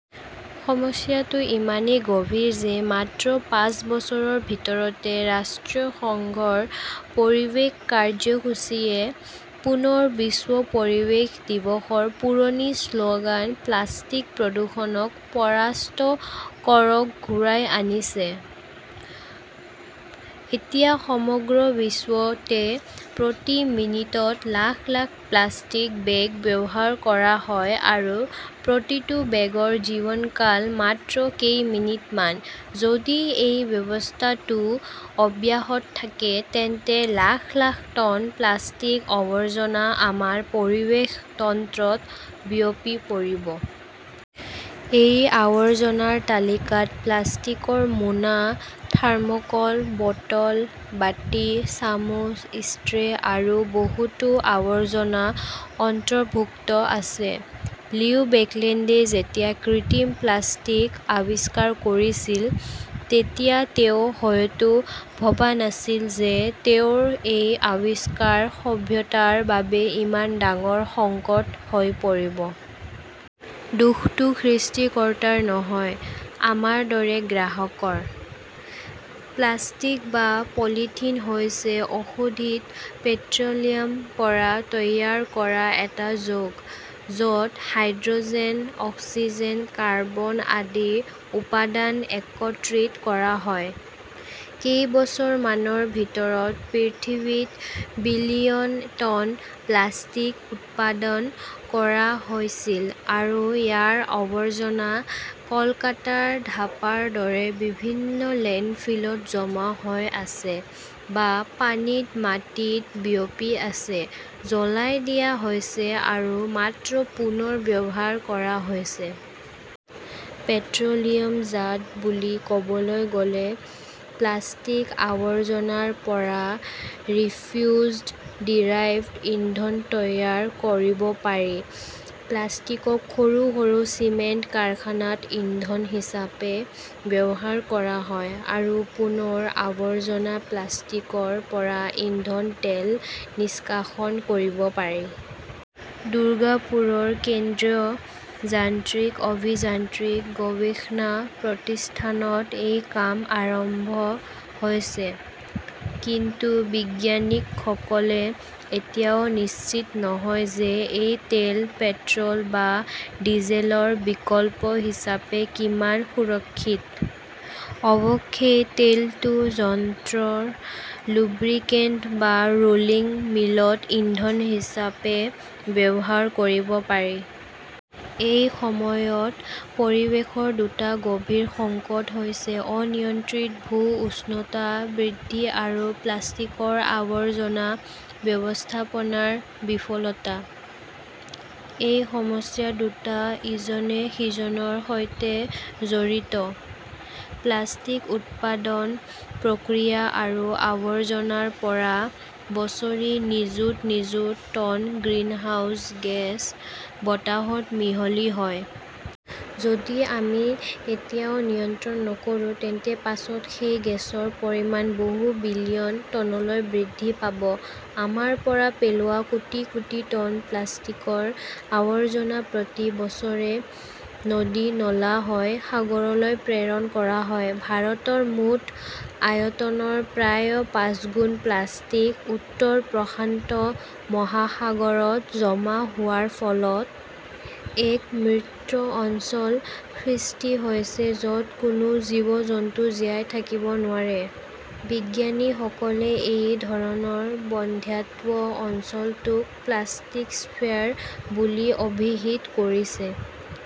সমস্যাটো ইমানেই গভীৰ যে মাত্ৰ পাঁচ বছৰৰ ভিতৰতে ৰাষ্ট্ৰসংঘৰ পৰিৱেশ কাৰ্যসূচীয়ে পুনৰ বিশ্ব পৰিৱেশ দিৱসৰ পুৰণি শ্লোগান-প্লাষ্টিক‌ প্ৰদূষণক পৰাস্ত কৰক ঘূৰাই আনিছে। এতিয়া সমগ্ৰ বিশ্বতে প্ৰতি মিনিটত লাখ লাখ প্লাষ্টিক বেগ ব্যৱহাৰ কৰা হয় আৰু প্ৰতিটো বেগৰ জীৱনকাল মাত্ৰ কেই মিনিট মান, যদি এই ব্যৱস্থাটো অব্যাহত থাকে তেন্তে লাখ লাখ টন প্লাষ্টিক-আৱৰ্জনা আমাৰ পৰিৱেশ তন্ত্ৰত বিয়পি পৰিব। এই আৱৰ্জনাৰ তালিকাত প্লাষ্টিকৰ মোনা, থাৰ্মোকল, বটল, বাটি, চামুচ, ষ্ট্ৰ আৰু বহুতো আৱৰ্জনা অন্তৰ্ভুক্ত আছে। লিও বেকলেণ্ডে যেতিয়া কৃত্ৰিম প্লাষ্টিক আৱিষ্কাৰ কৰিছিল, তেতিয়া তেওঁ হয়তো ভবা নাছিল যে তেওঁৰ এই আৱিষ্কাৰ সভ্যতাৰ বাবে ইমান ডাঙৰ সংকট হৈ পৰিব। দোষটো সৃষ্টিকৰ্তাৰ নহয়, আমাৰ দৰে গ্ৰাহকৰ। প্লাষ্টিক বা পলিথিন হৈছে অশোধিত পেট্ৰ'লিয়ামৰ পৰা তৈয়াৰ কৰা এটা যৌগ, য'ত হাইড্ৰ'জেন, অক্সিজেন, কাৰ্বন আদি উপাদান একত্ৰিত কৰা হয়। কেইবছৰ‌মানৰ ভিতৰত পৃথিৱীত বিলিয়ন টন প্লাষ্টিক উৎপাদন কৰা হৈছিল আৰু ইয়াৰ আৱৰ্জনা কলকাতাৰ ধাপাৰ দৰে বিভিন্ন লেণ্ডফিলত জমা হৈ আছে, বা পানীত-মাটিত বিয়পি আছে; জ্বলাই দিয়া হৈছে আৰু মাত্ৰ পুনৰ ব্যৱহাৰ কৰা হৈছে। পেট্ৰ' লিয়ামজাত বুলি ক'বলৈ গলে প্লাষ্টিক-আৱৰ্জনাৰ পৰা ৰিফিউজড ডিৰাইভড ইন্ধন তৈয়াৰ কৰিব পাৰি; প্লাষ্টিকক সৰু সৰু চিমেণ্ট কাৰখানাত ইন্ধন হিচাপে ব্যৱহাৰ কৰা হয়; আৰু পুনৰ আৱৰ্জনা প্লাষ্টিকৰ পৰা ইন্ধন তেল নিষ্কাশন কৰিব পাৰি। দুৰ্গাপুৰৰ কেন্দ্ৰীয় যান্ত্ৰিক অভিযান্ত্ৰিক গৱেষণা প্ৰতিষ্ঠানত এই কাম আৰম্ভ হৈছে। কিন্তু বিজ্ঞানীসকলে এতিয়াও নিশ্চিত নহয় যে এই তেল পেট্ৰল বা ডিজেলৰ বিকল্প হিচাপে কিমান সুৰক্ষিত। অৱশ্যে, তেলটো যন্ত্ৰৰ লুব্ৰিকেণ্ট বা ৰোলিং মিলত ইন্ধন হিচাপে ব্যৱহাৰ কৰিব পাৰি। এই সময়ত পৰিৱেশৰ দুটা গভীৰ সংকট হৈছে অনিয়ন্ত্ৰিত ভূ-উষ্ণতা বৃদ্ধি আৰু প্লাষ্টিকৰ আৱৰ্জনা ব্যৱস্থাপনাৰ বিফলতা। এই সমস্যা দুটা ইজনে সিজনৰ সৈতে জড়িত। প্লাষ্টিক উৎপাদন প্ৰক্ৰিয়া আৰু আৱৰ্জনাৰ পৰা বছৰি নিযুত নিযুত টন গ্ৰিনহাউজ গেছ বতাহত মিহলি হয়। যদি আমি এতিয়াও নিয়ন্ত্ৰণ নকৰো, তেন্তে পাছত সেই গেছৰ পৰিমাণ বহু বিলিয়ন টনলৈ বৃদ্ধি পাব। আমাৰ পৰা পেলোৱা কোটি কোটি টন প্লাষ্টিকৰ আৱৰ্জনা প্ৰতি বছৰে নদী-নলা হৈ সাগৰলৈ প্ৰেৰণ কৰা হয়। ভাৰতৰ মুঠ আয়তনৰ প্ৰায় পাঁচগুণ প্লাষ্টিক উত্তৰ প্ৰশান্ত মহাসাগৰত জমা হোৱাৰ ফলত এক মৃত অঞ্চল সৃষ্টি হৈছে য' ত কোনো জীৱ-জন্তু জীয়াই থাকিব নোৱাৰে। বিজ্ঞানীসকলে এই ধৰণৰ বন্ধ্যাত্ব অঞ্চলটোক প্লাষ্টিকস্ফিয়াৰ বুলি অভিহিত কৰিছে।